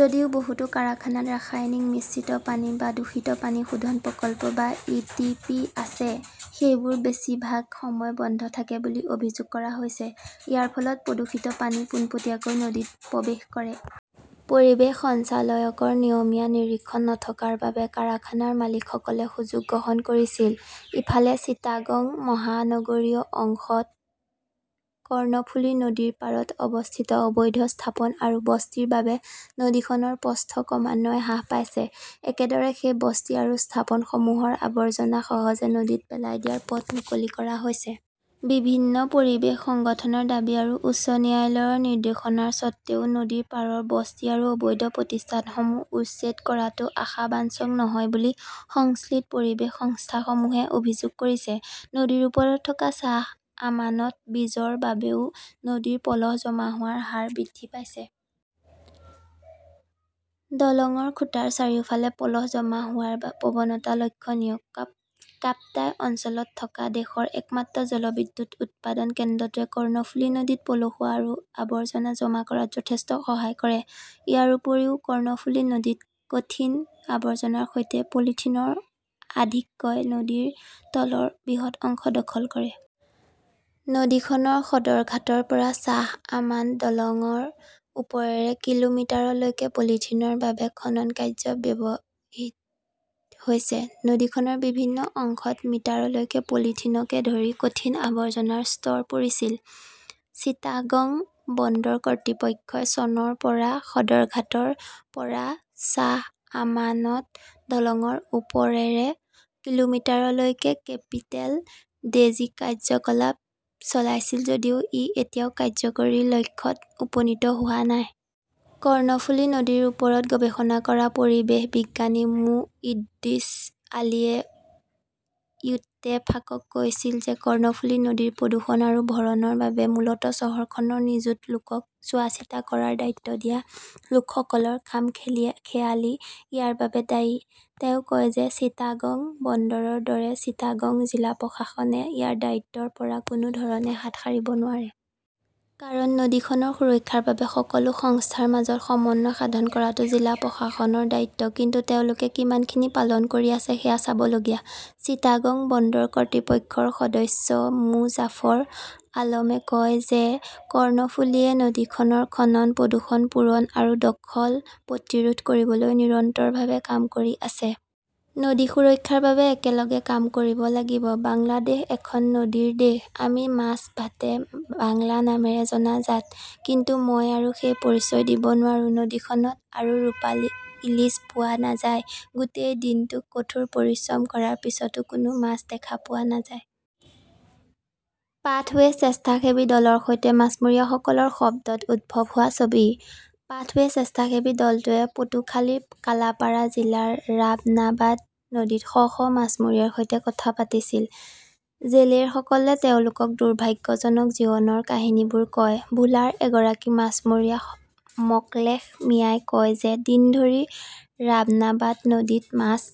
যদিও বহুতো কাৰখানাত ৰাসায়নিক মিশ্ৰিত পানী বা দূষিত পানী শোধন প্ৰকল্প বা ই টি পি আছে, সেইবোৰ বেছিভাগ সময় বন্ধ থাকে বুলি অভিযোগ কৰা হৈছে। ইয়াৰ ফলত প্ৰদূষিত পানী পোনপটীয়াকৈ নদীত প্ৰৱেশ কৰে। পৰিৱেশ সঞ্চালযকৰ নিয়মীয়া নিৰীক্ষণ নথকাৰ বাবে কাৰখানাৰ মালিকসকলে সুযোগ গ্ৰহণ কৰিছিল। ইফালে, চিটাগং মহানগৰীয় অংশত কৰ্ণফুলি নদীৰ পাৰত অৱস্থিত অবৈধ স্থাপন আৰু বস্তিৰ বাবে নদীখনৰ প্ৰস্থ ক্ৰমান্বয়ে হ্ৰাস পাইছে। একেদৰে, সেই বস্তি আৰু স্থাপনসমূহৰ আৱৰ্জনা সহজে নদীত পেলাই দিয়াৰ পথ মুকলি কৰা হৈছে। বিভিন্ন পৰিৱেশ সংগঠনৰ দাবী আৰু উচ্চ ন্যায়ালয়ৰ নিৰ্দেশনাৰ স্বত্বেও নদীৰ পাৰৰ বস্তি আৰু অবৈধ প্ৰতিষ্ঠানসমূহ উচ্ছেদ কৰাটো আশা বাঞ্চক নহয় বুলি সংশ্লিষ্ট পৰিৱেশ সংস্থাসমূহে অভিযোগ কৰিছে। নদীৰ ওপৰত থকা শ্বাহ আমানত ব্ৰীজৰ বাবেও নদীত পলস জমা হোৱাৰ হাৰ বৃদ্ধি পাইছে। দলংৰ খুঁটাৰ চাৰিওফালে পলস জমা হোৱাৰ প্ৰৱণতা লক্ষণীয়। কাপ্তাই অঞ্চলত থকা দেশৰ একমাত্ৰ জলবিদ্যুৎ উৎপাদন কেন্দ্ৰটোৱে কৰ্ণফুলী নদীত পলসুৱা আৰু আৱৰ্জনা জমা কৰাত যথেষ্ট সহায় কৰে। ইয়াৰ উপৰিও, কৰ্ণফুলী নদীত কঠিন আৱৰ্জনাৰ সৈতে পলিথিনৰ আধিক্যই নদীৰ তলৰ বৃহৎ অংশ দখল কৰে। নদীখনৰ সদৰঘাটৰ পৰা শ্বাহ আমান্ট দলংৰ ওপৰেৰে কিলোমিটাৰলৈকে পলিথিনৰ বাবে খনন কাৰ্য ব্যাবহিত হৈছে। নদীখনৰ বিভিন্ন অংশত মিটাৰলৈকে পলিথিনকে ধৰি কঠিন আৱৰ্জনাৰ স্তৰ পৰিছিল। চিটাগং বন্দৰ কৰ্তৃপক্ষই চনৰ পৰা সদৰঘাটৰ পৰা শ্বাহ আমানত দলংৰ ওপৰেৰে কিলোমিটাৰলৈকে কেপিটেল ড্ৰেজিকাৰ্যকলাপ চলাইছিল যদিও ই এতিয়াও কাৰ্যকৰী লক্ষ্যত উপনীত হোৱা নাই। কৰ্ণফুলি নদীৰ ওপৰত গৱেষণা কৰা পৰিৱেশ বিজ্ঞানী মো. ইদ্ৰিছ আলীয়ে ইত্তেফাকক কৈছিল যে কৰ্ণফুলি নদীৰ প্ৰদূষণ আৰু ভৰণৰ বাবে মূলতঃ চহৰখনৰ নিযুত লোকক চোৱাচিতা কৰাৰ দায়িত্ব দিয়া লোকসকলৰ খামখেয়ালী ইয়াৰ বাবে দায়ী। তেওঁ কয় যে চিটাগং বন্দৰৰ দৰে চিটাগং জিলা প্ৰশাসনে ইয়াৰ দায়িত্বৰ পৰা কোনো ধৰণে হাত সাৰিব নোৱাৰে। কাৰণ নদীখনৰ সুৰক্ষাৰ বাবে সকলো সংস্থাৰ মাজত সমন্বয় সাধন কৰাটো জিলা প্ৰশাসনৰ দায়িত্ব। কিন্তু তেওঁলোকে কিমানখিনি পালন কৰি আছে সেয়া চাবলগীয়া। চিটাগং বন্দৰ কৰ্তৃপক্ষৰ সদস্য মো. জাফৰ আলমে কয় যে কৰ্ণফুলীয়ে নদীখনৰ খনন, প্ৰদূষণ, পূৰণ আৰু দখল প্ৰতিৰোধ কৰিবলৈ নিৰন্তৰভাৱে কাম কৰি আছে। নদী সুৰক্ষাৰ বাবে একেলগে কাম কৰিব লাগিব । বাংলাদেশ এখন নদীৰ দেশ। আমি মাছ ভাতে বাংলা নামেৰে জনাজাত। কিন্তু মই আৰু সেই পৰিচয় দিব নোৱাৰো। নদীখনত আৰু ৰূপালী ইলিচ পোৱা নাযায়। গোটেই দিনটো কঠোৰ পৰিশ্ৰম কৰাৰ পিছতো কোনো মাছ দেখা পোৱা নাযায়। পাথৱে স্বেচ্ছাসেৱী দলৰ সৈতে মাছমৰীয়াসকলৰ শব্দত উদ্ভৱ হোৱা ছবি। পাথৱে স্বেচ্ছাসেৱী দলটোৱে পটুখালিৰ কালাপাৰা জিলাৰ ৰাবনাবাদ নদীত শ শ মাছমৰীয়াৰ সৈতে কথা পাতিছিল। জেলেৰসকলে তেওঁলোকক দুৰ্ভাগ্যজনক জীৱনৰ কাহিনীবোৰ কয়। ভোলাৰ এগৰাকী মাছমৰীয়া মকলেস মিয়াই কয় যে দিন ধৰি ৰাবনাবাদ নদীত মাছ